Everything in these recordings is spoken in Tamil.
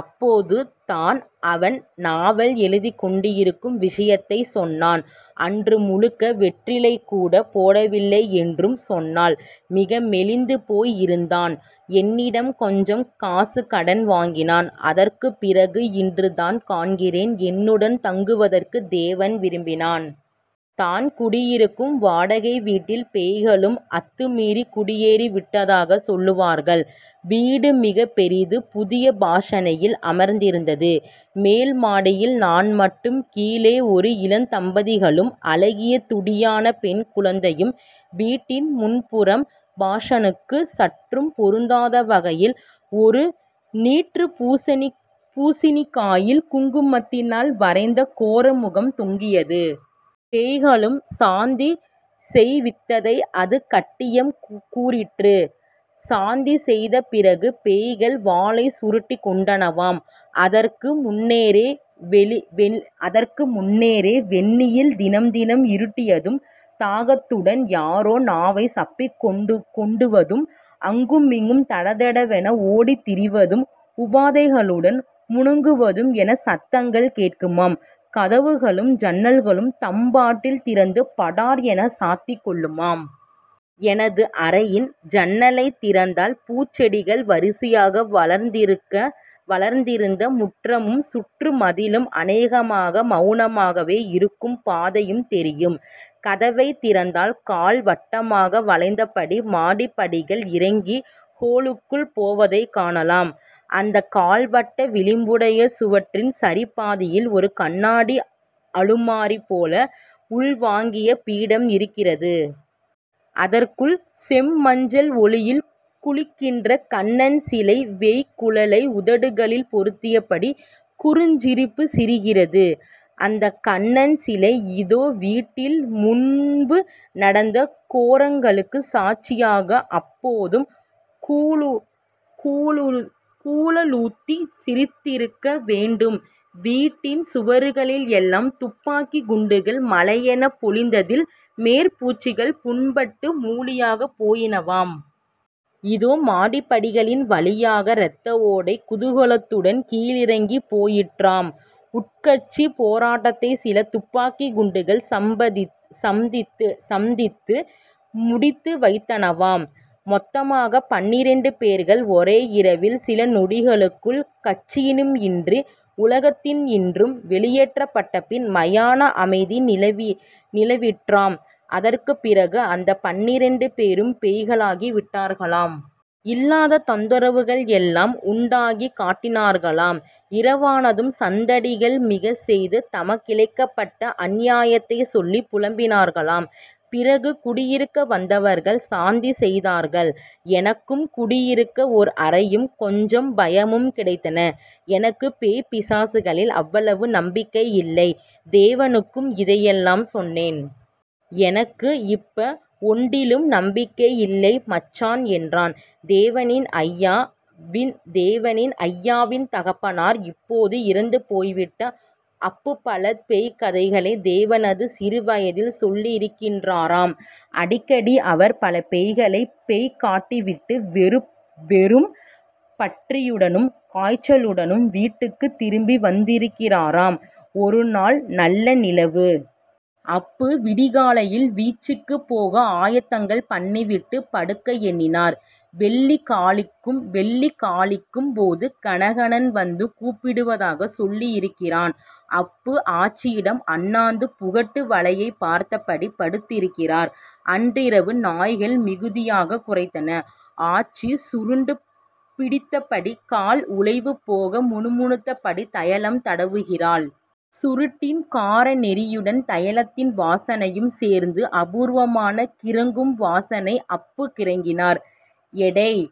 அப்போது தான் அவன் நாவல் எழுதிக் கொண்டிருக்கும் விஷயத்தைச் சொன்னான். அன்று முழுக்க வெற்றிலை கூடப் போடவில்லை என்றும் சொன்னால் மிக மெலிந்து போய் இருந்தான். என்னிடம் கொஞ்சம் காசு கடன் வாங்கினான். அதற்குப் பிறகு இன்று தான் காண்கிறேன். என்னுடன் தங்குவதற்கு தேவன் விரும்பினான். நான் குடியிருக்கும் வாடகை வீட்டில் பேய்களும் அத்து மீறிக் குடியேறிவிட்டதாகச் சொல்லுவார்கள். வீடு மிகப் பெரியது. புதிய பாஷனில் அமைந்திருந்தது. மேல் மாடியில் நான் மட்டும் கீழே ஒரு இளந்தம்பதிகளும், அழகிய துடியான பெண்குழந்தையும் வீட்டின் முன்புறம் பாஷனுக்கு சற்றும் பொருந்தாத வகையில் ஒரு நீற்றுப் பூசினிக்காயில் குங்குமத்தினால் வரைந்த கோரமுகம் தொங்கியது. பேய்களுக்கு சாந்தி செய்வித்ததை அது கட்டியம் கூறிற்று. சாந்தி செய்த பிறகு பேய்கள் வாலைச் சுருட்டிக் கொண்டனவாம். அதற்கு முன்னரே வெனில் தினம் தினம் இருட்டியதும் தாகத்துடன் யாரோ நாவைச் சப்புக் கொண்டுவதும், அங்குமிங்கும் தடதடவென ஓடித்திரிவதும். உபாதைகளுடன் முனகுவதும் என சத்தங்கள் கேட்குமாம். கதவுகளும் ஜன்னல்களும் தம்பாட்டில் திறந்து படார் என சாத்திக் கொள்ளுமாம். எனது அறையின் ஜன்னலைத் திறந்தால் பூஞ்செடிகள் வரிசையாக வளர்ந்திருந்த முற்றமும் சுற்றுமதிலும் அநேகமாக மெளனமாகவே இருக்கும் பாதையும் தெரியும். கதவைத் திறந்தால் கால்வட்டமாக வளைந்தபடி மாடிப்படிகள் இறங்கி ஹோலுக்குள் போவதைக் காணலாம். அந்தக் கால்வட்ட விளிம்புடைய சுவரின் சரிபாதியில் ஒரு கண்ணாடி அலுமாரி போல உள்வாங்கிய பீடம் இருக்கிறது. அதற்குள் செம்மஞ்சள் ஒளியில் குளிக்கின்ற கண்ணன்சிலை வேய்க்குழலை உதடுகளில் பொருத்தியபடி குறுஞ்சிரிப்புச் சிரிக்கிறது. அந்தக் கண்ணன் சிலை இதே வீட்டில் முன்பு நடந்த கோரங்களுக்கு சாட்சியாக அப்போதும் குழலூதிச் சிரித்திருக்க வேண்டும். வீட்டின் சுவர்களில் எல்லாம் துப்பாக்கிக் குண்டுகள் மழையெனப் பொழிந்ததில் மேற்பூச்சுகள் புண்பட்டு மூளியாகப் போயினவாம். இதே மாடிப்படிகளின் வழியாக இரத்த ஓடை குதூகலத்துடன் கீழிறங்கிப் போயிற்றாம். உட்கட்சிப் போராட்டத்தை சில துப்பாக்கிக் குண்டுகள் சப்தித்து முடித்து வைத்தனவாம். மொத்தமாக பன்னிரண்டு பேர்கள் ஒரே இரவில் சில நொடிகளுக்குள் கட்சியினின்றும் உலகத்தினின்றும் வெளியேற்றப்பட்டபின் மயான அமைதி நிலவிற்றாம். அதற்குப் பிறகு அந்தப் பன்னிரண்டு பேரும் பேய்களாகி விட்டார்களாம். இல்லாத தொந்தரவுகள் எல்லாம் உண்டாக்கிக் காட்டினார்களாம். இரவானதும் சந்தடிகள் மிகச் செய்து தமக்கிழைக்கப்பட்ட அநியாயத்தைச் சொல்லிப் புலம்பினார்களாம். பிறகு குடியிருக்க வந்தவர்கள் சாந்தி செய்தார்கள். எனக்கும் குடியிருக்க ஒரு அறையும், கொஞ்சம் பயமும் கிடைத்தன. எனக்குப் பேய் பிசாசுகளில் அவ்வளவு நம்பிக்கை இல்லை. தேவனுக்கும் இதையெல்லாம் சொன்னேன். எனக்கு இப்ப ஒண்டிலும் நம்பிக்கை இல்லை மச்சான் என்றான். தேவனின் அய்யா வின் தகப்பனார் இப்போது இறந்து போய்விட்ட அப்புபல பேய்க்கதைகளைத் தேவனது சிறுவயதில் சொல்லியிருக்கிறாராம். அடிக்கடி அவர் பலபேய்களைப் பேய்க்காட்டிவிட்டு வெறும் பறியுடனும் காய்ச்சலுடனும் வீட்டுக்கு திரும்பி வந்திருக்கிறாராம். ஒரு நாள், நல்ல நிலவு. அப்பு விடிகாலையில் வீச்சுக்குப் போக ஆயத்தங்கள் பண்ணிவிட்டு படுக்க எண்ணினார். வெள்ளி காலிக்கும் போது கனகன் வந்து கூப்பிடுவதாகச் சொல்லியிருக்கிறான். அப்பு ஆச்சியிடம் அண்ணாந்து முகட்டு வளையைப் பார்த்தபடி படுத்திருக்கிறார். அன்றிரவு நாய்கள் மிகுதியாகக் குரைத்தன. ஆச்சி சுருட்டுப் பிடித்தபடி கால் உளைவு போக்க முணுமுணுத்தபடி தைலம் தடவுகிறாள். சுருட்டின் காரநெடியுடன் தைலத்தின் வாசனையும் சேர்ந்து அபூர்வமான கிறக்கும் வாசனை. அப்பு கிறங்கினார். எடேய்...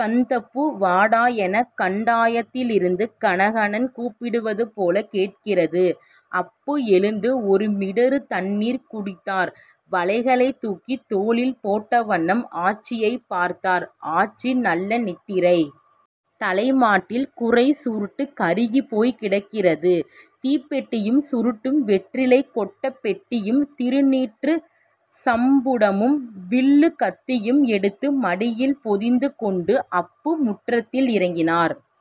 கந்தப்பு... வாடா எனக் கண்டாயத்திலிருந்து கனகன் கூப்பிடுவது போலக் கேட்கிறது. அப்பு எழுந்து ஒரு மிடறு தண்ணீர் குடித்தார். வலைகளைத் தூக்கித் தோளில் போட்ட வண்ணம் ஆச்சியைப் பார்த்தார். ஆச்சி நல்ல நித்திரை. தலைமாட்டில் குறைச் சுருட்டு கருகிப் போய்க்கிடக்கிறது. தீப்பெட்டியும் சுருட்டும் வெற்றிலைக் கொட்டப் பெட்டியும் திருநீற்றுச் சம்புடமும் வில்லுக் கத்தியும் எடுத்து மடியில் பொதிந்து கொண்டு அப்பு முற்றத்தில் இறங்கினார்.